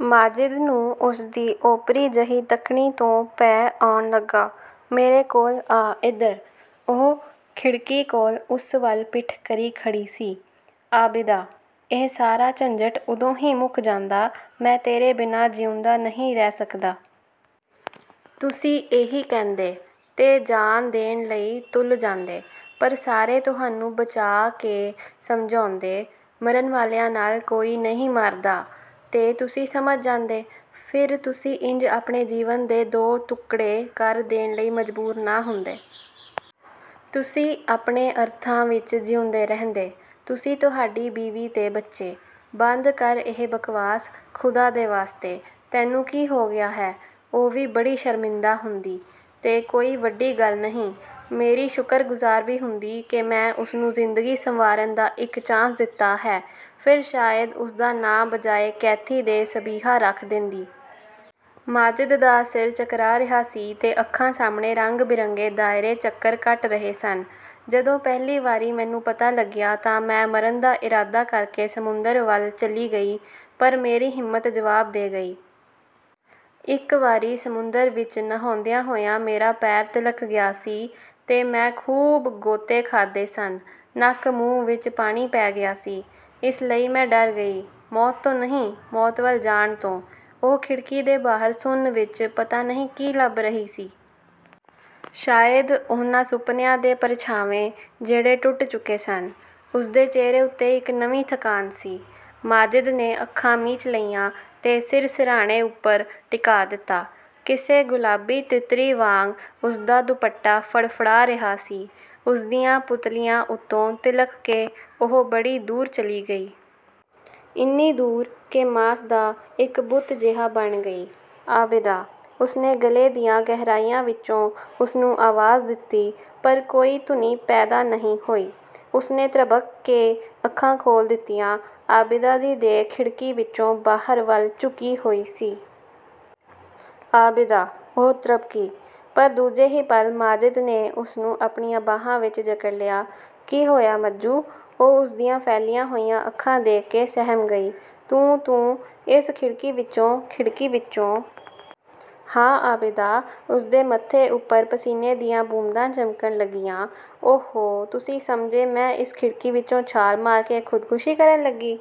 "ਮਾਜਿਦ ਨੂੰ ਉਸਦੀ ਓਪਰੀ-ਜਿਹੀ ਤੱਕਣੀ ਤੋਂ ਭੈ ਆਉਣ ਲੱਗਾ। 'ਮੇਰੇ ਕੋਲ ਆ ਇੱਧਰ!'" ਉਹ ਖਿੜਕੀ ਕੋਲ ਉਸ ਵੱਲ ਪਿੱਠ ਕਰੀ ਖੜ੍ਹੀ ਸੀ। "ਆਬਿਦਾ" "ਇਹ ਸਾਰਾ ਝੰਜਟ ਉਦੋਂ ਹੀ ਮੁੱਕ ਜਾਂਦਾ" "ਮੈਂ ਤੇਰੇ ਬਿਨਾਂ ਜਿਊਂਦਾ ਨਹੀਂ ਰਹਿ ਸਕਦਾ।" "ਤੁਸੀਂ ਇਹੀ ਕਹਿੰਦੇ, ਤੇ ਜਾਨ ਦੇਣ ਲਈ ਤੁਲ ਜਾਂਦੇ। ਪਰ ਸਾਰੇ ਤੁਹਾਨੂੰ ਬਚਾਅ ਕੇ ਸਮਝਾਉਂਦੇ, 'ਮਰਨ ਵਾਲਿਆਂ ਨਾਲ ਕੋਈ ਨਹੀਂ ਮਰਦਾ।' ਤੇ ਤੁਸੀਂ ਸਮਝ ਜਾਂਦੇ। ਫਿਰ ਤੁਸੀਂ ਇੰਜ ਆਪਣੇ ਜੀਵਨ ਦੇ ਦੋ ਟੁਕੜੇ ਕਰ ਦੇਣ ਲਈ ਮਜਬੂਰ ਨਾ ਹੁੰਦੇ। ਤੁਸੀਂ ਆਪਣੇ ਅਰਥਾਂ ਵਿੱਚਜਿਊਂਦੇ ਰਹਿੰਦੇ। ਤੁਸੀਂ, ਤੁਹਾਡੀ ਬੀਵੀ ਤੇ ਬੱਚੀ।" "ਬੰਦ ਕਰ ਇਹ ਬਕਵਾਸ, ਖ਼ੁਦਾ ਦੇ ਵਾਸਤੇ! ਤੈਨੂੰ ਕੀ ਹੋ ਗਿਆ ਹੈ?" "ਉਹ ਵੀ ਬੜੀ ਸ਼ਰਮਿੰਦਾ ਹੁੰਦੀ। ਤੇ ਕੋਈ ਵੱਡੀ ਗੱਲ ਨਹੀਂ, ਮੇਰੀ ਸ਼ੁਕਰਗੁਜ਼ਾਰ ਵੀ ਹੁੰਦੀ ਕਿ ਮੈਂ ਉਸਨੂੰ ਜ਼ਿੰਦਗੀ ਸੰਵਾਰਨ ਦਾ ਇੱਕ ਚਾਂਸ ਦਿੱਤਾ ਹੈ, ਫਿਰ ਸ਼ਾਇਦ ਉਸਦਾ ਨਾਂ ਬਜਾਏ ਕੈਥੀ ਦੇ ਸਬੀਹਾ ਰੱਖ ਦੇਂਦੀ।" ਮਾਜਿਦ ਦਾ ਸਿਰ ਚਕਰਾ ਰਿਹਾ ਸੀ ਤੇ ਅੱਖਾਂ ਸਾਹਮਣੇ ਰੰਗ-ਬਿਰੰਗੇ ਦਾਇਰੇ ਚੱਕਰ ਕੱਟ ਰਹੇ ਸਨ। "ਜਦੋਂ ਪਹਿਲੀ ਵਾਰੀ ਮੈਨੂੰ ਪਤਾ ਲੱਗਿਆ ਤਾਂ ਮੈਂ ਮਰਨ ਦਾ ਇਰਾਦਾ ਕਰਕੇ ਸਮੁੰਦਰ ਵੱਲ ਚਲੀ ਗਈ, ਪਰ ਮੇਰੀ ਹਿੰਮਤ ਜਵਾਬ ਦੇ ਗਈ। ਇੱਕ ਵਾਰੀ ਸਮੁੰਦਰ ਵਿੱਚ ਨਹਾਉਂਦਿਆਂ ਹੋਇਆਂ ਮੇਰਾ ਪੈਰ ਤਿਲ੍ਹਕ ਗਿਆ ਸੀ ਤੇ ਮੈਂ ਖੂਬ ਗੋਤੇ ਖਾਧੇ ਸਨ, ਨੱਕ-ਮੂੰਹ ਵਿੱਚ ਪਾਣੀ ਪੈ ਗਿਆ ਸੀ। ਇਸ ਲਈ ਮੈਂ ਡਰ ਗਈ, ਮੌਤ ਤੋਂ ਨਹੀਂ, ਮੌਤ ਵੱਲ ਜਾਣ ਤੋਂ" ਉਹ ਖਿੜਕੀ ਦੇ ਬਾਹਰ ਸੁੰਨ ਵਿੱਚ ਪਤਾ ਨਹੀਂ ਕੀ ਲੱਭ ਰਹੀ ਸੀ? ਸ਼ਾਇਦ ਉਹਨਾਂ ਸੁਪਨਿਆਂ ਦੇ ਪਰਛਾਵੇਂ, ਜਿਹੜੇ ਟੁੱਟ ਚੁੱਕੇ ਸਨ। ਉਸਦੇ ਚਿਹਰੇ ਉੱਤੇ ਇੱਕ ਨਵੀਂ ਥਕਾਨ ਸੀ। ਮਾਜਿਦ ਨੇ ਅੱਖਾਂ ਮੀਚ ਲਈਆਂ ਤੇ ਸਿਰ ਸਿਰਹਾਣੇ ਉੱਪਰ ਟਿਕਾ ਦਿੱਤਾ। ਕਿਸੇ ਗੁਲਾਬੀ ਤਿੱਤਰੀ ਵਾਂਗ ਉਸਦਾ ਦੁਪੱਟਾ ਫੜਫੜਾ ਰਿਹਾ ਸੀ, ਉਸਦੀਆਂ ਪੁਤਲੀਆਂ ਉਤੋਂ ਤਿਲ੍ਹਕ ਕੇ ਉਹ ਬੜੀ ਦੂਰ ਚਲੀ ਗਈ। ਇੰਨੀ ਦੂਰ ਕਿ ਮਾਸ ਦਾ ਇੱਕ ਬੁੱਤ ਜਿਹਾ ਬਣ ਗਈ। "ਆਬਿਦਾ" ਉਸਨੇ ਗਲ਼ੇ ਦੀਆਂ ਗਹਿਰਾਈਆਂ ਵਿੱਚੋਂ ਉਸਨੂੰ ਆਵਾਜ਼ ਦਿੱਤੀ, ਪਰ ਕੋਈ ਧੁਨੀ ਪੈਦਾ ਨਹੀਂ ਹੋਈ। ਉਸਨੇ ਤ੍ਰਭਕ ਕੇ ਅੱਖਾਂ ਖੋਲ੍ਹ ਦਿੱਤੀਆਂ। ਆਬਿਦਾ ਦੀ ਦੇਹ ਖਿੜਕੀ ਵਿੱਚੋਂ ਬਾਹਰ ਵੱਲ ਝੁਕੀ ਹੋਈ ਸੀ। "ਆਬਿਦਾ" ਉਹ ਤ੍ਰਭਕੀ। ਪਰ ਦੂਜੇ ਹੀ ਪਲ ਮਾਜਿਦ ਨੇ ਉਸਨੂੰ ਆਪਣੀਆਂ ਬਾਹਾਂ ਵਿੱਚ ਜਕੜ ਲਿਆ। "ਕੀ ਹੋਇਆ ਮੱਜੂ?" ਉਹ ਉਸਦੀਆਂ ਫੈਲੀਆਂ ਹੋਈਆਂ ਅੱਖਾਂ ਦੇਖ ਕੇ ਸਹਿਮ ਗਈ। "ਤੂੰ-ਤੂੰ, ਇਸ ਖਿੜਕੀ ਵਿੱਚੋਂ" "ਖਿੜਕੀ ਵਿੱਚੋਂ?" "ਹਾਂ, ਆਬਿਦਾ," ਉਸਦੇ ਮੱਥੇ ਉੱਪਰ ਪਸੀਨੇ ਦੀਆਂ ਬੂੰਦਾਂ ਚਮਕਣ ਲੱਗੀਆਂ। "ਓ-ਹੋ, ਤੁਸੀਂ ਸਮਝੇ, ਮੈਂ ਇਸ ਖਿੜਕੀ ਵਿੱਚੋਂ ਛਾਲ ਮਾਰ ਕੇ ਖੁਦਕਸ਼ੀ ਕਰਨ ਲੱਗੀ"